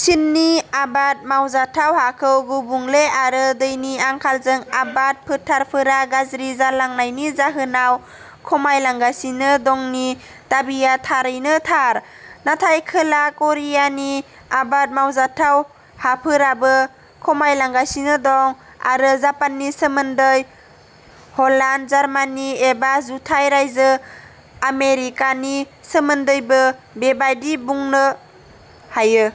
चीननि आबाद मावजाथाव हाखौ गुबुंले आरो दैनि आंखालजों आबाद फोथारफोरा गाज्रि जालांनायनि जाहोनाव खमायलांगासिनो दंनि दाबिआ थारैनो थार। नाथाय खोला करियानि आबाद मावजाथाव हाफोराबो खमायलांगासिनो दं। आरो जापाननि सोमोन्दै, हलान्द, जार्मानि एबा जुथाइ रायजो आमेरिकानि सोमोन्दैबो बेबादि बुंनो हायो।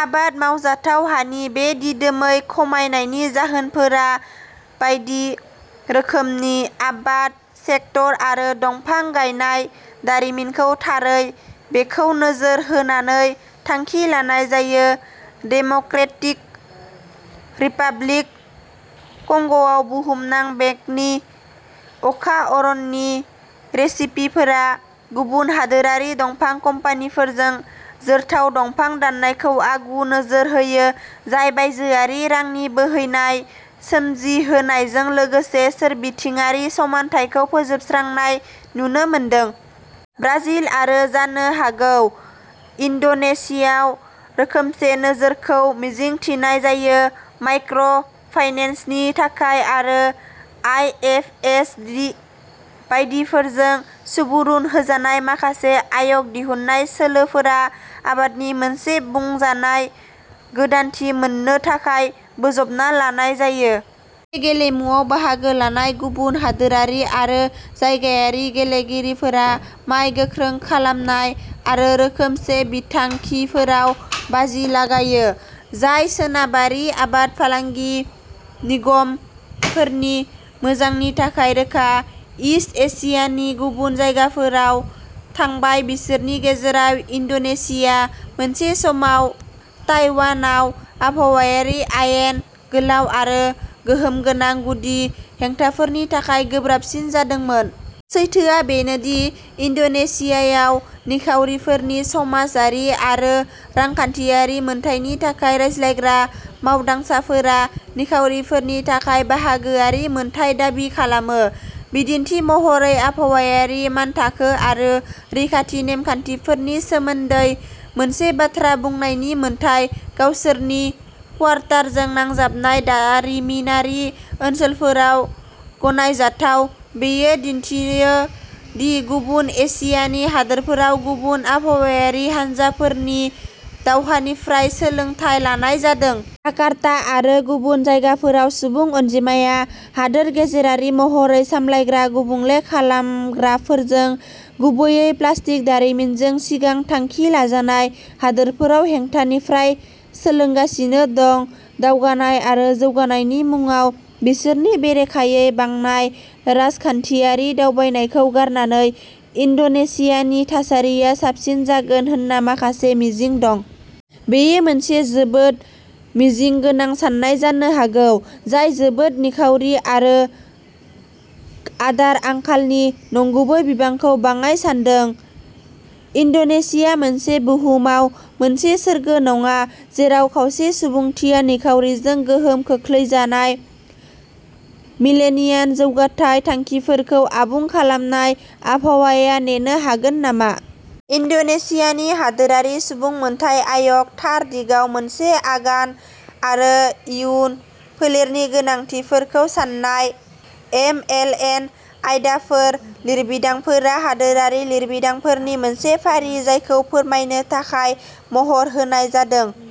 आबाद मावजाथाव हानि बे दिदोमै खमायनायनि जाहोनफोरा बायदि रोखोमनि। आबाद सेक्टर आरो दंफां गायनाय दारिमिनखौ थारै बेखौ नोजोर होनानै थांखि लानाय जायो। डेम'क्रेटिक रिपाब्लिक कंग'आव, बुहुमनां बेंकनि अखा अरननि रेसिपिफोरा गुबुन हादोरारि दंफां कम्पानिफोरजों जोरथाव दंफां दाननायखौ आगु नोजोर होयो, जाय बायजोआरि रांनि बोहैनाय सोमजिहोनायजों लोगोसे सोरबिथिंआरि समानथायखौ फोजोबस्रांनाय नुनो मोनदों। ब्राजिल आरो जानो हागौ, इन्ड'नेसियाव, रोखोमसे नोजोरखौ मिजिंथिनाय जायो। माइक्र' फाइनेन्सनि थाखाय आरो आइ एफ ए दि बायदिफोरजों सुबुरुन होजानाय माखासे आय'ग दिहुन्नाय सोलोफोरा आबादनि मोनसे बुंजानाय गोदानथि मोन्नो थाखाय बोजबना लानाय जायो। बे गेलेमुआव बाहागो लानाय गुबुन हादोरारि आरो जायगायारि गेलेगिरिफोरा माय गोख्रों खालामनाय आरो रोखोमसे बिथांखिफोराव बाजि लागायो, जाय सोनाबारि आबाद फालांगि निगमफोरनि मोजांनि थाखाय रोखा। इस्ट एसियानि गुबुन जायगाफोराव थांबाय, बिसोरनि गेजेराव इन्ड'नेशिया, मोनसे समाव ताइवानआव आबहावायारि आयेन गोलाव आरो गोहोमगोनां गुदि हेंथाफोरनि थाखाय गोब्राबसिन जादोंमोन। सैथोआ बेनोदि इन्ड'नेशियाआव निखावरिफोरनि समाजारि आरो रांखान्थियारि मोनथायनि थाखाय रायज्लायग्रा मावदांसाफोरा निखावरिफोरनि थाखाय बाहागोआरि मोन्थाइ दाबि खालामो, बिदिन्थि महरै आबहावायारि मानथाखो आरो रैखाथि नेमखान्थिफोरनि सोमोनदै मोनसे बाथ्रा बुंनायनि मोन्थाइ। गावसोरनि क्वार्टारजों नांजाबनाय दारिमिनारि ओनसोलफोराव गनायजाथाव, बेयो दिन्थियो दि गुबुन एसियानि हादोरफोराव गुबुन आबहावायारि हानजाफोरनि दावहानिफ्राय सोलोंथाय लानाय जादों। जाकार्ता आरो गुबुन जायगाफोराव सुबुं अनजिमाया हादोर गेजेरारि महरै सामलायग्रा गुबुंले खालामग्राफोरजों, गुबैयै प्लास्टिक दारिमिनजों सिगां थांखि लाजानाय हादोरफोराव हेंथानिफ्राय सोलोंगासिनो दं। दावगानाय आरो जौगानायनि मुंआव बिसोरनि बेरेखायै बांनाय राजखान्थियारि दबथायनायखौ गारनानै, इन्ड'नेसियानि थासारिया साबसिन जागोन होनना माखासे मिजिं दं। बेयो मोनसे जोबोद मिजिं गोनां सान्नाय जानो हागौ, जाय जोबोद निखावरि आरो आदार आंखालनि नंगुबै बिबांखौ बाङाइ सान्दों। इन्ड'नेसिया मोनसे बुहुमाव मोनसे सोरगो नङा जेराव खावसे सुबुंथिया निखावरिजों गोहोम खोख्लैजानाय। मिलेनियाम जौगाथाय थांखिफोरखौ आबुं खालामनायः आबहावाया नेनो हागोन नामा? इन्ड'नेसियानि हादोरारि सुबुं मोनथाय आय'गः थार दिगाव मोनसे आगान? आरो इयुन फोलेरनि गोनांथिफोरखौ सान्नाय। एमएलएन आयदाफोर लिरबिदांफोरा हादोरारि लिरबिदांफोरनि मोनसे फारि जायखौ फोरमायनो थाखाय महर होनाय जादों।